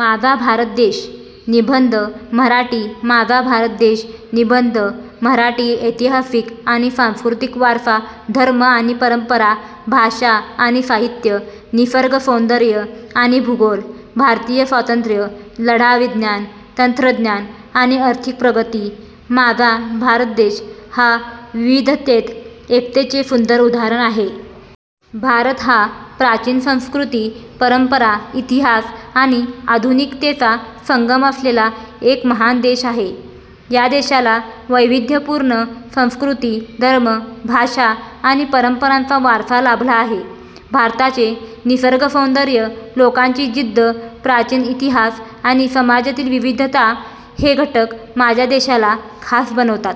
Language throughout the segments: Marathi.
माझा भारत देश निबंध मराठी माझा भारत देश निबंध मराठी ऐतिहासिक आणि सांस्कृतिक वारसा धर्म आणि परंपरा भाषा आणि साहित्य निसर्गसौंदर्य आणि भूगोल भारतीय स्वातंत्र्य लढा विज्ञान, तंत्रज्ञान, आणि आर्थिक प्रगती माझा भारत देश हा विविधतेत एकतेचे सुंदर उदाहरण आहे. भारत हा प्राचीन संस्कृती, परंपरा, इतिहास, आणि आधुनिकतेचा संगम असलेला एक महान देश आहे. या देशाला वैविध्यपूर्ण संस्कृती, धर्म, भाषा, आणि परंपरांचा वारसा लाभला आहे. भारताचे निसर्गसौंदर्य, लोकांची जिद्द, प्राचीन इतिहास, आणि समाजातील विविधता हे घटक माझ्या देशाला खास बनवतात.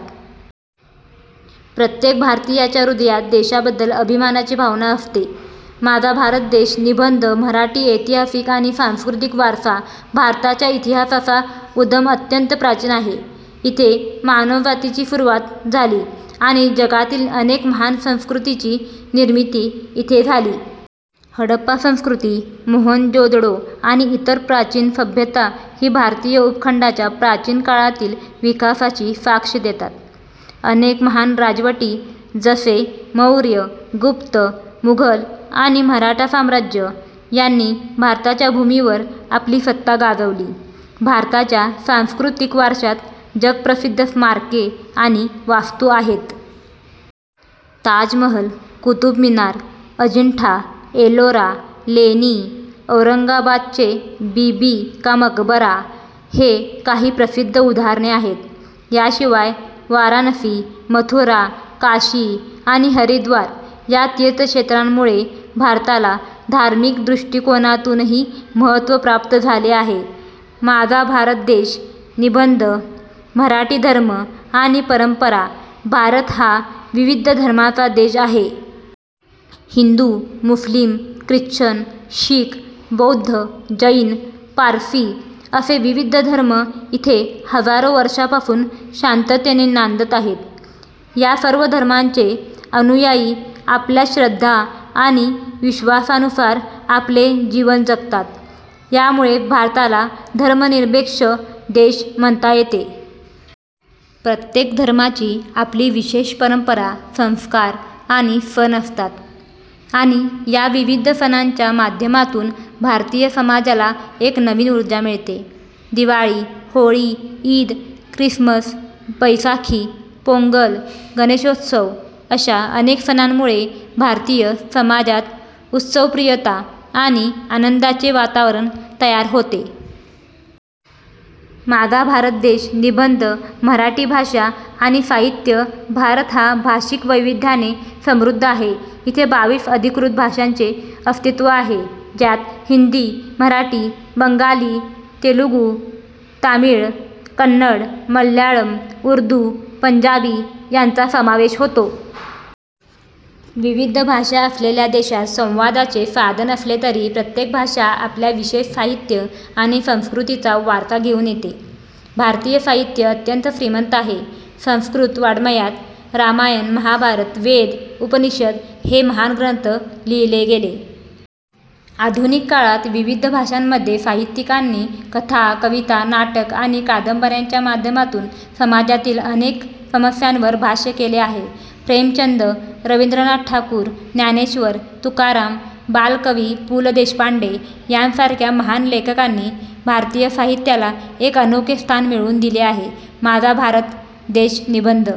प्रत्येक भारतीयाच्या हृदयात देशाबद्दल अभिमानाची भावना असते. माझा भारत देश निबंध मराठी ऐतिहासिक आणि सांस्कृतिक वारसा भारताच्या इतिहासाचा उद्गम अत्यंत प्राचीन आहे. इथे मानवजातीची सुरुवात झाली, आणि जगातील अनेक महान संस्कृतींची निर्मिती इथे झाली. हडप्पा संस्कृती, मोहनजोदडो, आणि इतर प्राचीन सभ्यता ही भारतीय उपखंडाच्या प्राचीन काळातील विकासाची साक्ष देतात. अनेक महान राजवटी, जसे मौर्य, गुप्त, मुघल, आणि मराठा साम्राज्य, यांनी भारताच्या भूमीवर आपली सत्ता गाजवली. भारताच्या सांस्कृतिक वारशात जगप्रसिद्ध स्मारके आणि वास्तू आहेत. ताजमहाल, कुतुब मिनार, अजिंठा एलोरा लेणी, औरंगाबादचे बीबी का मकबरा हे काही प्रसिद्ध उदाहरणे आहेत. याशिवाय, वाराणसी, मथुरा, काशी, आणि हरिद्वार या तीर्थक्षेत्रांमुळे भारताला धार्मिक दृष्टिकोनातूनही महत्त्व प्राप्त झाले आहे. माझा भारत देश निबंध मराठी धर्म आणि परंपरा भारत हा विविध धर्मांचा देश आहे. हिंदू, मुस्लिम, ख्रिश्चन, शीख, बौद्ध, जैन, पारसी असे विविध धर्म इथे हजारो वर्षांपासून शांततेने नांदत आहेत. या सर्व धर्मांचे अनुयायी आपल्या श्रद्धा आणि विश्वासानुसार आपले जीवन जगतात. यामुळेच भारताला धर्मनिरपेक्ष देश म्हणता येते. प्रत्येक धर्माची आपली विशेष परंपरा, संस्कार, आणि सण असतात, आणि या विविध सणांच्या माध्यमातून भारतीय समाजाला एक नवीन ऊर्जा मिळते. दिवाळी, होळी, ईद, ख्रिसमस, बैसाखी, पोंगल, गणेशोत्सव अशा अनेक सणांमुळे भारतीय समाजात उत्सवप्रियता आणि आनंदाचे वातावरण तयार होते. माझा भारत देश निबंध मराठी भाषा आणि साहित्य भारत हा भाषिक वैविध्याने समृद्ध आहे. इथे बावीस अधिकृत भाषांचे अस्तित्व आहे, ज्यात हिंदी, मराठी, बंगाली, तेलुगू, तामिळ, कन्नड, मल्याळम, उर्दू, पंजाबी यांचा समावेश होतो. विविध भाषा असलेल्या देशात संवादाचे साधन असले तरी, प्रत्येक भाषा आपल्या विशेष साहित्य आणि संस्कृतीचा वारसा घेऊन येते. भारतीय साहित्य अत्यंत श्रीमंत आहे. संस्कृत वाङ्मयात रामायण, महाभारत, वेद, उपनिषद हे महान ग्रंथ लिहिले गेले. आधुनिक काळात, विविध भाषांमध्ये साहित्यिकांनी कथा, कविता, नाटक, आणि कादंबऱ्यांच्या माध्यमातून समाजातील अनेक समस्यांवर भाष्य केले आहे. प्रेमचंद, रवींद्रनाथ ठाकूर, ज्ञानेश्वर, तुकाराम, बालकवी, पु. ल. देशपांडे यांसारख्या महान लेखकांनी भारतीय साहित्याला एक अनोखे स्थान मिळवून दिले आहे. माझा भारत देश निबंध